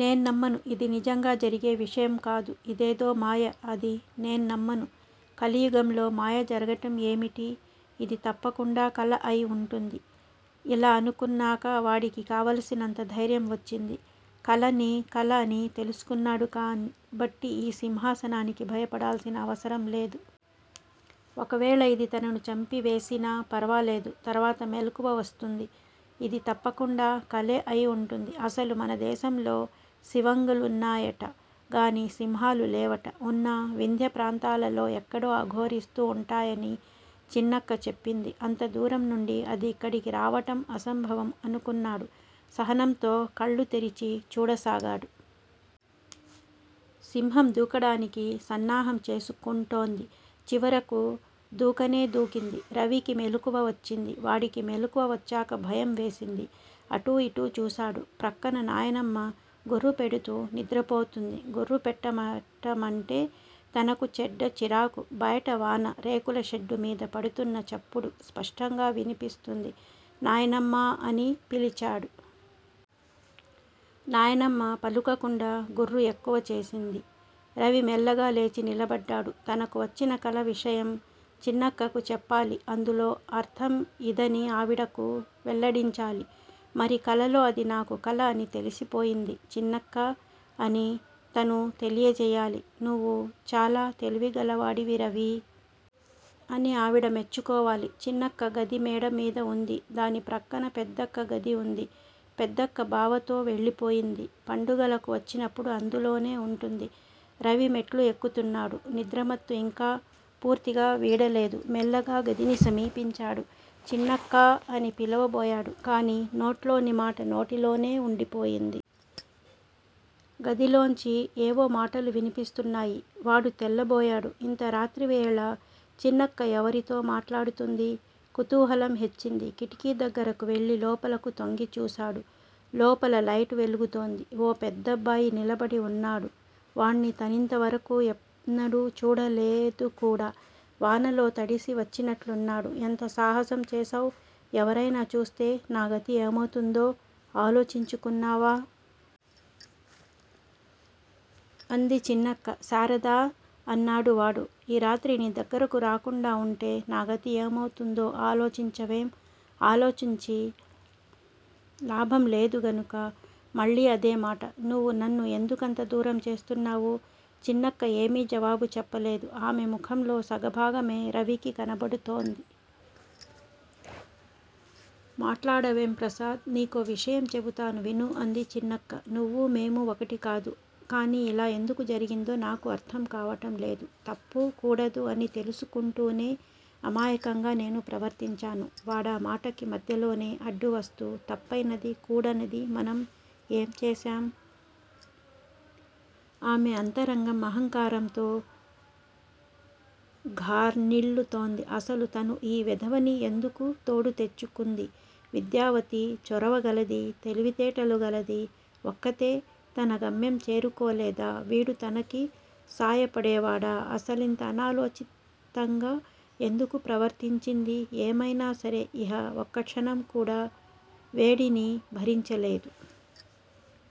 నేన్నమ్మను. ఇది నిజంగా జరిగే విషయంకాదు. ఇదేదో మాయ. అదీ నేన్నమ్మను. కలియుగంలో మాయ జరగటం ఏమిటి? ఇది తప్పకుండా కల అయివుంటుంది. ఇలా అనుకున్నాక వాడికి కావలసినంత ధైర్యం వచ్చింది. కలని కల అని తెలుసుకున్నాడు కాబట్టి ఈ సింహాసనానికి భయపడాల్సిన అవసరం లేదు. ఒకవేళ ఇది తనను చంపివేసినా ఫర్వాలేదు. తర్వాత మెలకువ వస్తుంది. ఇది తప్పకుండా కలే అయివుంటుంది. అసలు మనదేశంలో సివంగులున్నాయట గానీ సింహాలులేవట. ఉన్నా వింధ్యప్రాంతాలలో ఎక్కడో అఘోరిస్తూ వుంటాయని చిన్నక్క చెప్పింది. అంతదూరంనుండి అది ఇక్కడకి రావటం అసంభవం అనుకున్నాడు. సహనంతో కళ్ళు తెరిచి చూడసాగాడు. సింహం దూకడానికి సన్నాహం చేసుకుంటోంది. చివరకు దూకనే దూకింది. రవికి మెలకువ వచ్చింది. వాడికి మెలకువ వచ్చాక భయంవేసింది. అటూఇటూ చూశాడు. ప్రక్కన నాయనమ్మ గుర్రుపెడుతూ నిద్రపోతుంది. గుర్రుపెట్టటమంటే తనకు చెడ్డ చిరాకు. బయట వాన. రేకులషెడ్డుమీద పడుతున్న చప్పుడు స్పష్టంగా వినిపిస్తుంది. నాయనమ్మా! అని పిలిచాడు. నాయనమ్మా పలుకకుండా గుర్రు ఎక్కువచేసింది. రవి మెల్లగా లేచి నిలబడ్డాడు. తనకు వచ్చిన కల విషయం చిన్నక్కకు చెప్పాలి. అందులో అర్థం ఇదని ఆవిడకు వెల్లడించాలి. మరి కలలో అది నాకు కల అని తెలిసిపోయింది చిన్నక్కా! అని తను తెలియచెయ్యాలి. నువ్వు చాలా తెలివిగలవాడివి రవీ! అని ఆవిడ మెచ్చుకోవాలి. చిన్నక్క గది మేడమీద వుంది. దాని ప్రక్కన పెద్దక్క గది వుంది. పెద్దక్క బావతో వెళ్ళిపోయింది. పండుగలకు వచ్చినప్పుడు అందులోనే వుంటుంది. రవి మెట్లు ఎక్కుతున్నాడు. నిద్రమత్తు ఇంకా పూర్తిగా వీడలేదు. మెల్లగా గదిని సమీపించాడు. చిన్నక్కా! అని పిలవబోయాడు కానీ నోట్లోనిమాట నోటిలోనే వుండిపోయింది. గదిలోంచి ఏవో మాటలు వినిపిస్తున్నాయి. వాడు తెల్లబోయాడు. ఇంత రాత్రివేళ చిన్నక్క ఎవరితో మాట్లాడుతుంది? కుతూహలం హెచ్చింది. కిటికీదగ్గరకు వెళ్ళి లోపలకు తొంగిచూశాడు. లోపల లైటు వెలుగుతోంది. ఓ పెద్దబ్బాయి నిలబడివున్నాడు. వాడ్ని తనింతవరకూ ఎన్నడూ చూడలేదుకూడా. వానలో తడిసి వచ్చినట్లున్నాడు. ఎంత సాహసంచేశావ్? ఎవరైనా చూస్తే నా గతి ఏమౌతుందో ఆలోచించుకున్నావా? అంది చిన్నక్క. శారదా! అన్నాడు వాడు. ఈ రాత్రి నీ దగ్గరకు రాకుండా వుంటే నా గతి ఏమౌతుందో ఆలోచించవేం? ఆలోచించి లాభం లేదుగనుక! మళ్ళీ అదేమాట! నువ్వు నన్ను ఎందుకంత దూరం చేస్తున్నావు? చిన్నక్క ఏమీ జవాబు చెప్పలేదు. ఆమె ముఖంలో సగభాగమే రవికి కనబడుతోంది. మాట్లాడవేం? ప్రసాద్! నీకో విషయం చెబుతాను విను అంది చిన్నక్క. నువ్వూ, మేమూ ఒకటికాదు. కానీ ఇలా ఎందుకు జరిగిందో నాకూ అర్ధంకావటం లేదు. తప్పు, కూడదు అని తెలుసుకుంటూనే అమాయకంగా నేనూ ప్రవర్తించాను. వాడామాటకి మధ్యలోనే అడ్డువస్తూ తప్పయినదీ, కూడనిదీ మనం ఏం చేశాం? ఆమె అంతరంగం అహంకారంతో ఘార్ణిల్లుతోంది. అసలు తను ఈ వెధవని ఎందుకు తోడు తెచ్చుకుంది? విద్యావతి, చొరవగలది. తెలివితేటలు గలది ఒక్కతే తన గమ్యం చేరుకోలేదా? వీడు తనకి సాయపడేవాడా? అసలింత అనాలోచితంగా ఎందుకు ప్రవర్తించింది? ఏమయినా సరే ఇహ ఒక్కక్షణం కూడా వేడిని భరించలేదు.